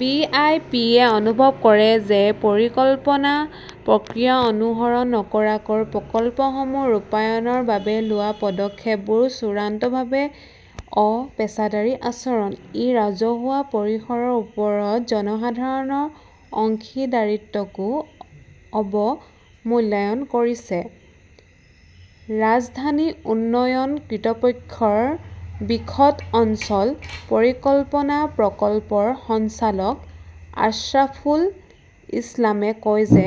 B I P য়ে অনুভৱ কৰে যে, পৰিকল্পনা প্ৰক্ৰিয়া অনুসৰণ নকৰাকৈ প্ৰকল্পসমূহ ৰূপায়ণৰ বাবে লোৱা পদক্ষেপবোৰ চূড়ান্তভাৱে অ-পেচাদাৰী আচৰণ। ই ৰাজহুৱা পৰিসৰৰ ওপৰত জনসাধাৰণৰ অংশীদাৰিত্বকো অৱ-মূল্যায়ন কৰিছে। ৰাজধানী উন্নয়ন কৰ্তৃপক্ষৰ বিশদ অঞ্চল পৰিকল্পনা প্ৰকল্পৰ সঞ্চালক, আশ্ৰাফুল ইছলামে কয় যে,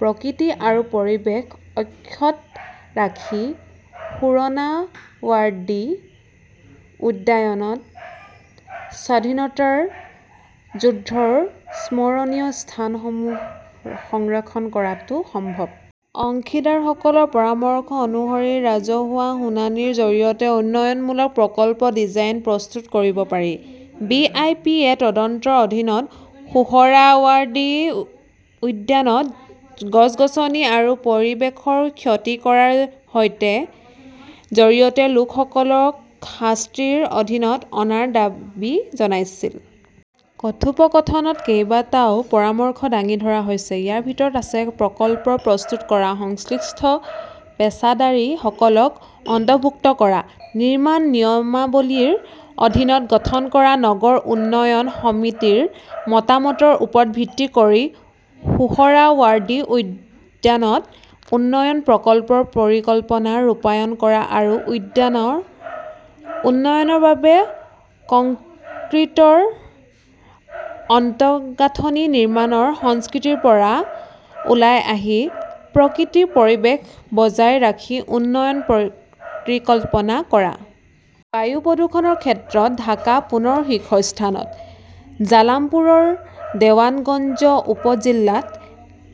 প্ৰকৃতি আৰু পৰিৱেশ অক্ষত ৰাখি সোহৰাৱাৰ্ডি উদ্যানত স্বাধীনতাৰ যুদ্ধৰ স্মৰণীয় স্থানসমূহ সংৰক্ষণ কৰাটো সম্ভৱ। অংশীদাৰসকলৰ পৰামৰ্শ অনুসৰি ৰাজহুৱা শুনানিৰ জৰিয়তে উন্নয়নমূলক প্ৰকল্পৰ ডিজাইন প্ৰস্তুত কৰিব পাৰি। বি আই পি য়ে তদন্তৰ অধীনত সোহৰাৱাৰ্ডি উদ্যানত গছ-গছনি আৰু পৰিৱেশৰ ক্ষতি কৰাৰ সৈতে জড়িত লোকসকলক শাস্তিৰ অধীনত অনাৰ দাবী জনাইছিল। কথোপকথনত কেইবাটাও পৰামৰ্শ দাঙি ধৰা হৈছে। ইয়াৰ ভিতৰত আছে, প্ৰকল্প প্ৰস্তুত কৰাত সংশ্লিষ্ট পেছাদাৰীসকলক অন্তৰ্ভুক্ত কৰা, নিৰ্মাণ নিয়মাৱলীৰ অধীনত গঠন কৰা নগৰ উন্নয়ন সমিতিৰ মতামতৰ ওপৰত ভিত্তি কৰি সোহৰাৱাৰ্ডি উদ্যানৰ উন্নয়ন প্ৰকল্পৰ পৰিকল্পনা ৰূপায়ণ কৰা আৰু উদ্যানৰ উন্নয়নৰ বাবে কংক্ৰিটৰ আন্তঃগাঁথনি নিৰ্মাণৰ সংস্কৃতিৰ পৰা ওলাই আহি, প্ৰকৃতি-পৰিৱেশ বজাই ৰাখি উন্নয়ন পৰিকল্পনা কৰা। বায়ু প্ৰদূষণৰ ক্ষেত্ৰত ঢাকা পুনৰ শীৰ্ষ স্থানত। জামালপুৰৰ দেৱানগঞ্জ উপজিল্লাত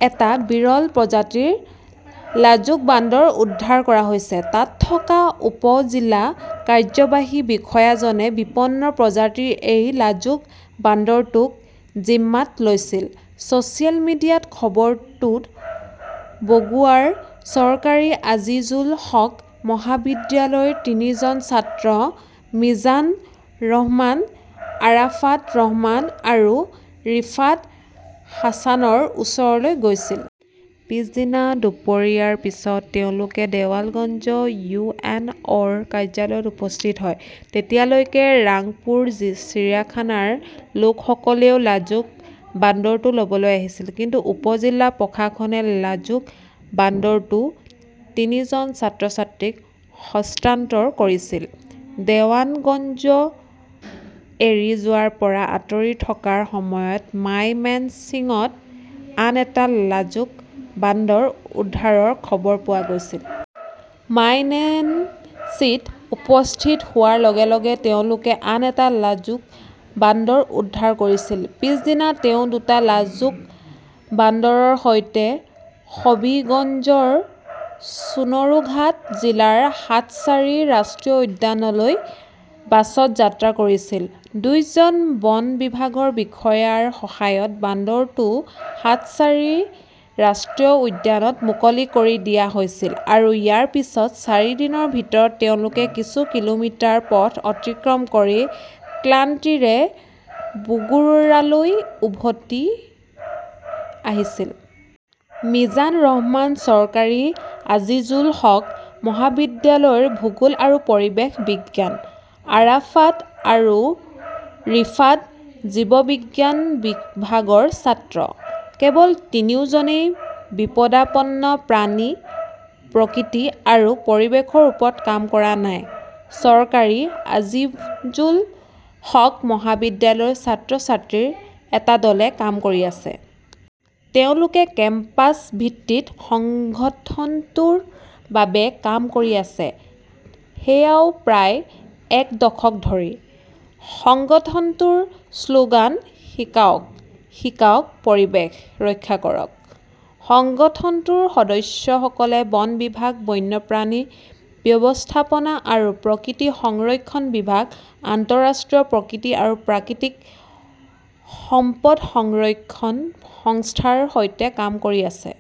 এটা বিৰল প্ৰজাতিৰ লাজুক বান্দৰ উদ্ধাৰ কৰা হৈছে। তাত থকা উপ-জিলা কাৰ্যবাহী বিষয়াজনে বিপন্ন প্ৰজাতিৰ এই লাজুক বন্দৰটোক জিম্মাত লৈছিল। ছ'চিয়েল মিডিয়াত খবৰটো বগুৰাৰ চৰকাৰী আজিজুল হক মহাবিদ্যালয়ৰ তিনিজন ছাত্ৰ, মিজান ৰহমান, আৰাফাত ৰহমান আৰু ৰিফাত হাছানৰ ওচৰলৈ গৈছিল। পিছদিনা দুপৰীয়াৰ পিছত তেওঁলোকে দেৱানগঞ্জ ইউ এন অ'ৰ কাৰ্যালয়ত উপস্থিত হয়। তেতিয়ালৈকে ৰাংপুৰ চিৰিয়াখানাৰ লোকসকলেও লাজুক বান্দৰটো ল'বলৈ আহিছিল। কিন্তু উপ-জিলা প্ৰশাসনে লাজুক বান্দৰটো তিনিজন ছাত্ৰ-ছাত্ৰীক হস্তান্তৰ কৰিছিল। দেৱানগঞ্জ এৰি যোৱাৰ পৰা আঁতৰি থকাৰ সময়ত মাইমেনছিংত আন এটা লাজুক বান্দৰ উদ্ধাৰৰ খবৰ পোৱা গৈছিল। মাইমেনছিংত উপস্থিত হোৱাৰ লগে লগে তেওঁলোকে আন এটা লাজুক বান্দৰ উদ্ধাৰ কৰিছিল। পিছদিনা তেওঁ দুটা লাজুক বান্দৰৰ সৈতে হবীগঞ্জৰ চুনৰুঘাট জিলাৰ সাতচাৰী ৰাষ্ট্ৰীয় উদ্যানলৈ বাছত যাত্ৰা কৰিছিল। দুজন বন বিভাগৰ বিষয়াৰ সহায়ত বান্দৰটো সাতচাৰী ৰাষ্ট্ৰীয় উদ্যানত মুকলি কৰি দিয়া হৈছিল আৰু ইয়াৰ পিছত চাৰিদিনৰ ভিতৰত তেওঁলোকে কিছু কিলোমিটাৰ পথ অতিক্ৰম কৰি ক্লান্তিৰে বোগুৰালৈ উভতি আহিছিল। মিজান ৰহমান চৰকাৰী আজিজুল হক মহাবিদ্যালয়ৰ ভূগোল আৰু পৰিৱেশ বিজ্ঞান, আৰাফাত আৰু ৰিফাত জীৱবিজ্ঞান বিভাগৰ ছাত্ৰ। কেৱল তিনিওজনেই বিপদাপন্ন প্ৰাণী, প্ৰকৃতি আৰু পৰিৱেশৰ ওপৰত কাম কৰা নাই, চৰকাৰী আজিজুল হক মহাবিদ্যালয়ৰ ছাত্ৰ-ছাত্ৰীৰ এটা দলে কাম কৰি আছে। তেওঁলোকে কেম্পাছ ভিত্তিক সংগঠনটোৰ বাবে কাম কৰি আছে। সেয়াও প্ৰায় এক দশক ধৰি। সংগঠনটোৰ শ্লোগান 'শিকাওক, শিকাওক-পৰিৱেশ ৰক্ষা কৰক ""। সংগঠনটোৰ সদস্যসকলে বন বিভাগ, বন্যপ্ৰাণী ব্যৱস্থাপনা আৰু প্ৰকৃতি সংৰক্ষণ বিভাগ, আন্তঃৰাষ্ট্ৰীয় প্ৰকৃতি আৰু প্ৰাকৃতিক সম্পদ সংৰক্ষণ সংস্থা ৰ সৈতে কাম কৰি আছে।